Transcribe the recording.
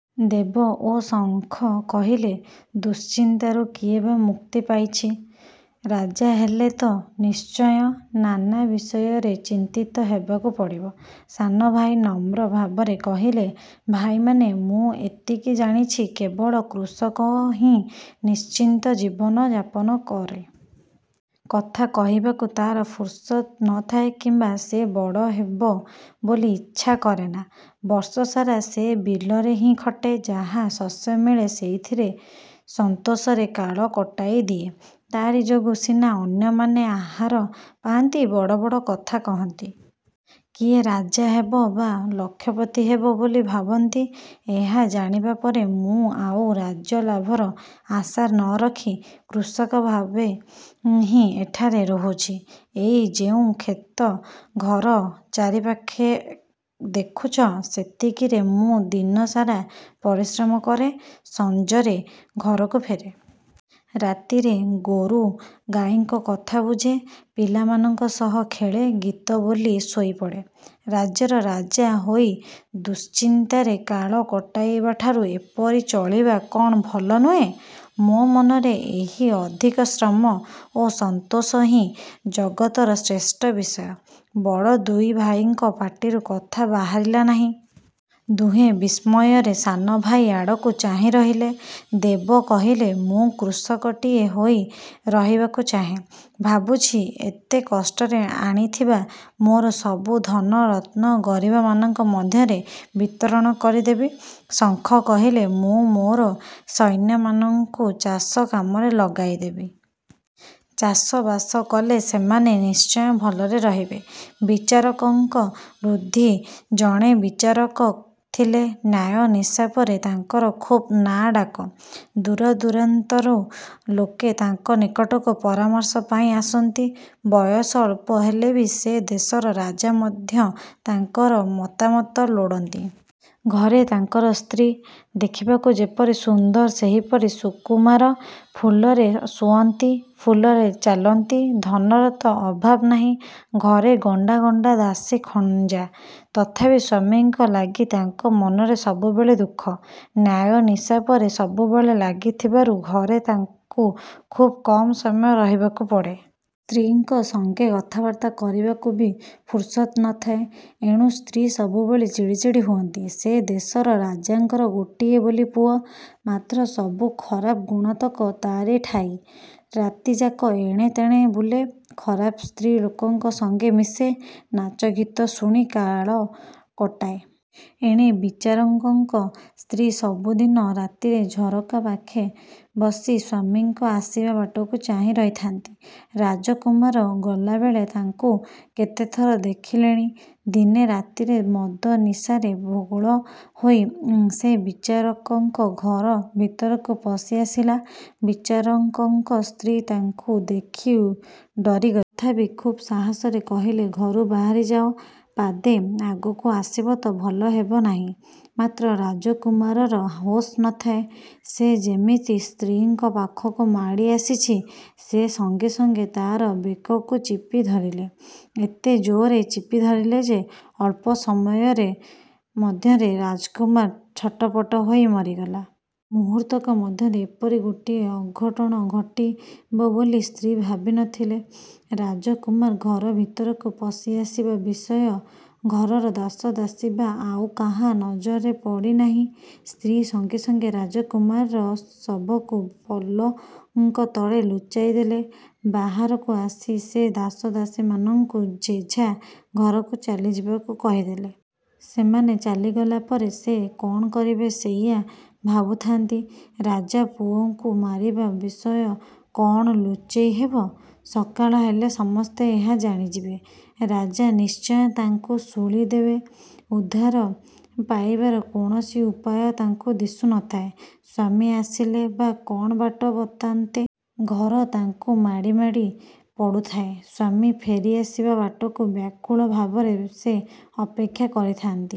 '' ଦେବ ଓ ଶଙ୍ଖ କହିଲେ- ''ଦୁଶ୍ଚିନ୍ତାରୁ କିଏ ବା ମୁକ୍ତି ପାଇଛି? ରାଜା ହେଲେ ତ ନିଶ୍ଚୟ ନାନା ବିଷୟରେ ଚିନ୍ତିତ ହେବାକୁ ପଡ଼ିବ। '' ସାନ ଭାଇ ନମ୍ର ଭାବରେ କହିଲେ- ''ଭାଇମାନେ! ମୁଁ ଏତିକି ଜାଣିଛି, କେବଳ କୃଷକହିଁ ନିଶ୍ଚିନ୍ତ ଜୀବନ ଯାପନକରେ। କଥା କହିବାକୁ ତା'ର ଫୁରୁସତ୍ ନଥାଏ କିମ୍ବା ସେ ବଡ଼ ହେବ ବୋଲି ଇଚ୍ଛା କରେନା। ବର୍ଷସାରା ସେ ବିଲରେ ହିଁ ଖଟେ-ଯାହା ଶସ୍ୟ ମିଳେ ସେଇଥିରେ ସନ୍ତୋଷରେ କାଳ କଟାଇ ଦିଏ। ତା'ରି ଯୋଗୁଁ ସିନା ଅନ୍ୟମାନେ ଆହାର ପାଆନ୍ତି, ବଡ଼ ବଡ଼ କଥା କହନ୍ତି। କିଏ ରାଜା ହେବ ବା ଲକ୍ଷପତି ହେବ ବୋଲି ଭାବନ୍ତି, ଏହା ଜାଣିବା ପରେ ମୁଁ ଆଉ ରାଜ୍ୟଲାଭର ଆଶା ନରଖି କୃଷକ ଭାବେହିଁ ଏଠାରେ ରହୁଛି। ଏଇ ଯେଉଁ କ୍ଷେତ ଘର ଚାରିପାଖେ ଦେଖୁଛ, ସେତିକିରେ ମୁଁ ଦିନସାରା ପରିଶ୍ରମ କରେ। ସଞ୍ଜରେ ଘରକୁ ଫେରେ। ରାତିରେ ଗୋରୁଗାଈଙ୍କ କଥା ବୁଝେ। ପିଲାମାନଙ୍କ ସହ ଖେଳେ। ଗୀତ ବୋଲି ଶୋଇପଡ଼େ। ରାଜ୍ୟର ରାଜା ହୋଇ ଦୁଶ୍ଚିନ୍ତାରେ କାଳ କଟାଇବାଠାରୁ ଏପରି ଚଳିବା କ'ଣ ଭଲ ନୁହେଁ? ମୋ ମନରେ ଏହି ଅଧିକ ଶ୍ରମ ଓ ସନ୍ତୋଷ ହିଁ ଜଗତର ଶ୍ରେଷ୍ଠ ବିଷୟ। '' ବଡ଼ ଦୁଇ ଭାଇଙ୍କ ପାଟିରୁ କଥା ବହାରିଲା ନାହିଁ। ଦୁହେଁ ବିସ୍ମୟରେ ସାନ ଭାଇ ଆଡ଼କୁ ଚାହିଁ ରହିଲେ। ଦେବ କହିଲେ-''ମୁଁ କୃଷକଟିଏ ହୋଇ ରହିବାକୁ ଚାହେଁ। ଭାବୁଛି ଏତେ କଷ୍ଟରେ ଆଣିଥିବା ମୋର ସବୁ ଧନ ରତ୍ନ ଗରିବମାନଙ୍କ ମଧ୍ୟରେ ବିତରଣ କରିଦେବି। ଶଙ୍ଖ କହିଲେ- ''ମୁଁ ମୋର ସୈନ୍ୟମାନଙ୍କୁ ଚାଷ କାମରେ ଲଗାଇଦେବି। ଚାଷ ବାସ କଲେ ସେମାନେ ନିଶ୍ଚୟ ଭଲରେ ରହିବେ। '' ବିଚାରକଙ୍କ ବୁଦ୍ଧି ଜଣେ ବିଚାରକ ଥିଲେ। ନ୍ୟାୟ ନିଶାପରେ ତାଙ୍କର ଖୁବ୍ ନାଁ ଡାକ। ଦୂରଦୂରାନ୍ତରରୁ ଲୋକେ ତାଙ୍କ ନିକଟକୁ ପରାମର୍ଶ ପାଇଁ ଆସନ୍ତି। ବୟସ ଅଳ୍ପ ହେଲେ ବି ସେ ଦେଶର ରାଜା ମଧ୍ୟ ତାଙ୍କର ମତାମତ ଲୋଡ଼ନ୍ତି। ଘରେ ତାଙ୍କର ସ୍ତ୍ରୀ। ଦେଖିବାକୁ ଯେପରି ସୁନ୍ଦର ସେହିପରି ସୁକୁମାର। ଫୁଲରେ ଶୁଅନ୍ତି, ଫୁଲରେ ଚାଲନ୍ତି। ଧନର ତ ଅଭାବ ନାହିଁ। ଘରେ ଗଣ୍ଡା ଗଣ୍ଡା ଦାସୀ ଖଞ୍ଜା। ତଥାପି ସ୍ୱାମୀଙ୍କ ଲାଗି ତାଙ୍କ ମନରେ ସବୁବେଳେ ଦୁଃଖ। ନ୍ୟାୟ ନିଶାପରେ ସବୁବେଳେ ଲାଗିଥିବାରୁ ଘରେ ତାଙ୍କୁ ଖୁବ୍ କମ୍ ସମୟ ରହିବାକୁ ପଡ଼େ। ସ୍ତ୍ରୀଙ୍କ ସଙ୍ଗେ କଥାବର୍ତ୍ତା କରିବାକୁ ବି ଫୁରୁସତ୍ ନଥାଏ। ଏଣୁ ସ୍ତ୍ରୀ ସବୁବେଳେ ଚିଡ଼ି ଚିଡ଼ି ହୁଅନ୍ତି। ସେ ଦେଶର ରାଜାଙ୍କର ଗୋଟିଏ ବୋଲି ପୁଅ;। ମାତ୍ର ସବୁ ଖରାପ ଗୁଣତକ ତାରିଠାଇଁ। ରାତିଯାକ ଏଣେ ତେଣେ ବୁଲେ। ଖରାପ ସ୍ତ୍ରୀ ଲୋକଙ୍କ ସଙ୍ଗେ ମିଶେ; ନାଚ ଗୀତ ଶୁଣି କାଳ କଟାଏ। ଏଣେ ବିଚାରକଙ୍କ ସ୍ତ୍ରୀ ସବୁଦିନ ରାତିରେ ଝରକା ପାଖେ ବସି ସ୍ୱାମୀଙ୍କ ଆସିବା ବାଟକୁ ଚାହିଁ ରହିଥାନ୍ତି। ରାଜକୁମାର ଗଲାବେଳେ ତାଙ୍କୁ କେତେଥର ଦେଖିଲେଣି। ଦିନେ ରାତିରେ ମଦନିଶାରେ ଭୋଳ ହୋଇ ସେ ବିଚାରକଙ୍କ ଘର ଭିତରକୁ ପଶିଆସିଲା। ବିଚାରକଙ୍କ ସ୍ତ୍ରୀ ତାଙ୍କୁ ଦେଖି ଡରିଗଲେ। ତଥାପି ଖୁବ୍ ସାହସରେ କହିଲେ- ''ଘରୁ ବାହାରି ଯାଅ, ପାଦେ ଆଗକୁ ଆସିବତ ଭଲ ହେବନାହିଁ। ' ମାତ୍ର ରାଜକୁମାରର ହୋସ୍ ନଥାଏ, ସେ ଯେମିତି ସ୍ତ୍ରୀଙ୍କ ପାଖକୁ ମାଡ଼ି ଆସିଛି, ସେ ସଙ୍ଗେ ସଙ୍ଗେ ତା'ର ବେକକୁ ଚିପି ଧରିଲେ। ଏତେ ଜୋର୍ରେ ଚିପିଧରିଲେ ଯେ, ଅଳ୍ପ ସମୟ ମଧ୍ୟରେ ରାଜକୁମାର ଛଟପଟ ହୋଇ ମରିଗଲା। ମୁହୂର୍ତ୍ତକ ମଧ୍ୟରେ ଏପରି ଗୋଟିଏ ଅଘଟଣ ଘଟିବ ବୋଲି ସ୍ତ୍ରୀ ଭାବି ନଥିଲେ। ରାଜକୁମାର ଘର ଭିତରକୁ ପଶିଆସିବା ବିଷୟ ଘରର ଦାସ ଦାସୀ ବା ଆଉ କାହା ନଜରରେ ପଡ଼ିନାହିଁ। ସ୍ତ୍ରୀ ସଙ୍ଗେ ସଙ୍ଗେ ରାଜକୁମାରର ଶବକୁ ପଲଙ୍କ ତଳେ ଲୁଚାଇଦେଲେ। ବାହାରକୁ ଆସି ସେ ଦାସଦାସୀମାନଙ୍କୁ ଯେଝା ଘରକୁ ଚାଲିଯିବାକୁ କହିଦେଲେ। ସେମାନେ ଚାଲିଗଲା ପରେ ସେ କ'ଣ କରିବେ ସେଇଆ ଭାବୁଥାନ୍ତି। ରାଜାପୁଅକୁ ମାରିବା ବିଷୟ କ'ଣ ଲୁଚେଇ ହେବ? ସକାଳ ହେଲେ ସମସ୍ତେ ଏହା ଜାଣିଯିବେ। ରାଜା ନିଶ୍ଚୟ ତାଙ୍କୁ ଶୂଳିଦେବେ। ଉଦ୍ଧାର ପାଇବାର କୌଣସି ଉପାୟ ତାଙ୍କୁ ଦିଶୁନଥାଏ। ସ୍ୱାମୀ ଆସିଲେ ବା କ'ଣ ବାଟ ବତାନ୍ତେ। ଘର ତାଙ୍କୁ ମାଡ଼ି ମାଡ଼ି ପଡ଼ୁଥାଏ। ସ୍ୱାମୀ ଫେରିଆସିବା ବାଟକୁ ବ୍ୟାକୁଳ ଭାବରେ ସେ ଅପେକ୍ଷା କରିଥାନ୍ତି।